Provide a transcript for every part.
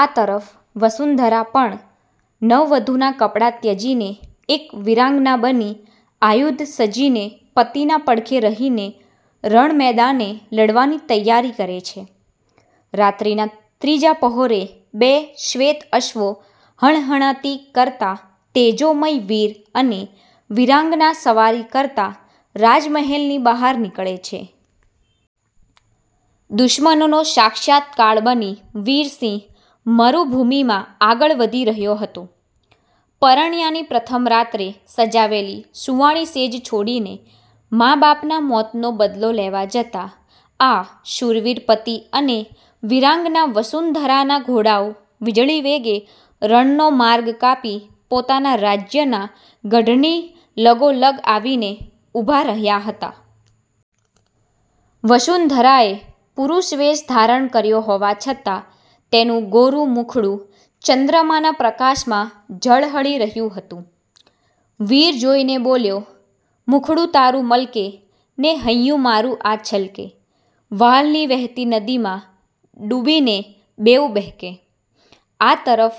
આ તરફ વસુંધરા પણ નવવધૂના કપડાં ત્યજીને એક વીરાંગના બની આયુધ સજીને પતિના પડખે રહીને રણમેદાને લડવાની તૈયારી કરે છે. રાત્રીના ત્રીજા પહોરે બે શ્વેત અશ્વો હણહણાતી કરતાં તેજોમય વીર અને વીરાંગના સવારી કરતાં રાજમહેલની બહાર નીકળે છે. દુશ્મનોનો સાક્ષાત કાળ બની વીરસિંહ મરુભૂમિમાં આગળ વધી રહયો હતો. પરણ્યાની પ્રથમ રાતે સજાવેલી સુંવાળી સેજ છોડીને મા બાપનાં મોતનો બદલો લેવા જતાં આ શૂરવીર પતિ અને વીરાંગના વસુંધરાનાં ઘોડાઓ વીજળી વેગે રણનો માર્ગ કાપી પોતાનાં રાજ્યનાં ગઢની લગોલગ આવીને ઊભાં રહ્યાં હતાં. વસુંધરાએ પુરુષવેશ ધારણ કર્યોં હોવા છતાં તેનું ગોરું મુખડું ચન્દ્રમાંના પ્રકાશમાં ઝળહળી રહ્યુ હતું. વીર જોઈને બોલ્યો,"મુખડું તારુ મલકે, ને હૈયું મારુ આ છલકે વ્હાલની વહેતી નદીમાં ડૂબીને બેઉં બહેકે." આ તરફ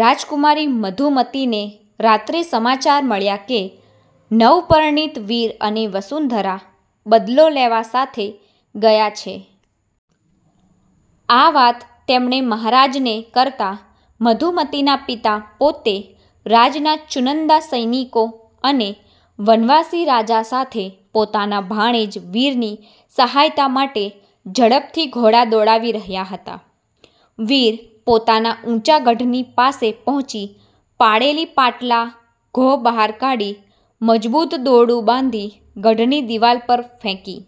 રાજકુમારી મધુમતીને રાત્રે સમાચાર મળ્યાં કે નવપરણિત વીર અને વસુંધરા બદલો લેવા સાથે ગયાં છે. આ વાત તેમણે મહારાજને કરતાં મધુમતીના પિતા પોતે રાજનાં ચુનંદા સૈનિકો અને વનવાસી રાજા સાથે પોતાનાં ભાણેજ વીરની સહાયતા માટે ઝડપથી ઘોડા દોડાવી રહ્યાં હતાં. વીર પોતાનાં ઊંચા ગઢની પાસે પહોંચી પાળેલી પાટલા ઘો બહાર કાઢી મજબૂત દોરડું બાંધી ગઢની દીવાલ પર ફેંકી.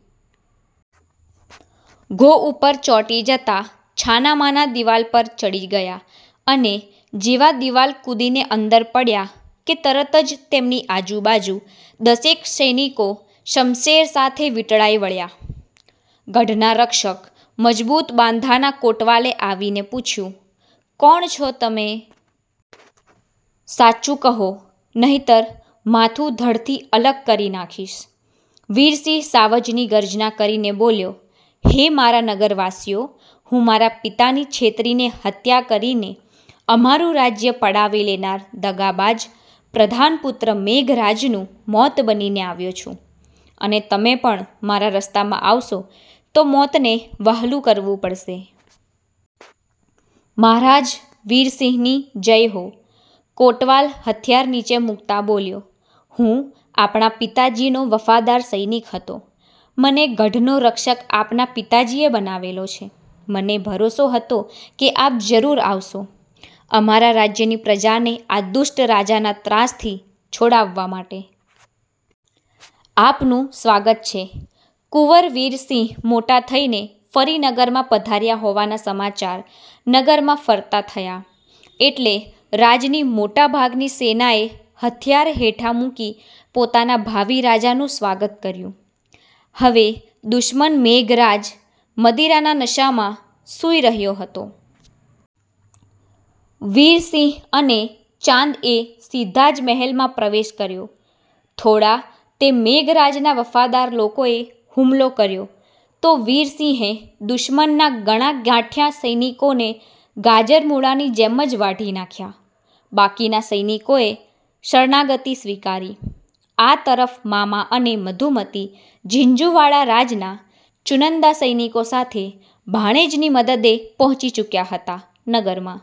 ઘો ઉપર ચોંટી જતાં છાનાંમાના દીવાલ પર ચડી ગયાં અને જેવાં દીવાલ કૂદીને અંદર પડ્યાં કે તરત જ તેમની આજુબાજુ દશેક સૈનિકો શમશેર સાથે વીંટળાઈ વળ્યાં. ગઢનાં રક્ષક મજબૂત બાંધાના કોટવાલે આવીને પૂછ્યું,"કોણ છો તમે? સાચું કહો, નહીતર માથું ધડથી અલગ કરી નાખીશ." વીરસિંહ સાવજની ગર્જના કરીને બોલ્યો,"હે મારાં નગરવાસીઓ હું મારાં પિતાની છેતરીને હત્યા કરીને અમારું રાજ્ય પડાવી લેનાર દગાબાજ પ્રધાનપુત્ર મેઘરાજનું મોત બનીને આવ્યો છું. અને તમે પણ મારાં રસ્તામાં આવશો તો મોતને વહાલું કરવું પડશે." "મહારાજ વીરસિંહની જય હો." કોટવાલ હથિયાર નીચે મૂકતાં બોલ્યો,"હું આપણા પિતાજીનો વફાદાર સૈનિક હતો, મને ગઢનો રક્ષક આપનાં પિતાજીએ બનાવેલો છે. મને ભરોસો હતો કે આપ જરૂર આવશો, અમારાં રાજ્યની પ્રજાને આ દુષ્ટ રાજાનાં ત્રાસથી છોડાવવા માટે. આપનું સ્વાગત છે." કુંવર વીરસિંહ મોટા થઈને ફરી નગરમાં પધાર્યા હોવાના સમાચાર નગરમાં ફરતાં થયાં એટલે રાજની મોટાભાગની સેનાએ હથિયાર હેઠા મૂકી પોતાનાં ભાવી રાજાનું સ્વાગત કર્યુ. હવે દુશ્મન મેઘરાજ મદિરાના નશામાં સુઈ રહયો હતો. વીરસિંહ અને ચાંદ એ સીધાં જ મહેલમાં પ્રવેશ કર્યોં, થોડાં તે મેઘરાજનાં વફાદાર લોકોએ હુમલો કર્યોં તો વીરસિંહે દુશ્મનનાં ગણ્યાં ગાંઠ્યા સૈનિકોને ગાજર મૂળાની જેમ જ વાઢી નાખ્યાં. બાકીનાં સૈનિકોએ શરણાગતિ સ્વીકારી. આ તરફ મામા અને મધુમતી ઝીંઝુવાડા રાજનાં ચુનંદા સૈનિકો સાથે ભાણેજની મદદે પહોંચી ચુક્યા હતાં નગરમાં.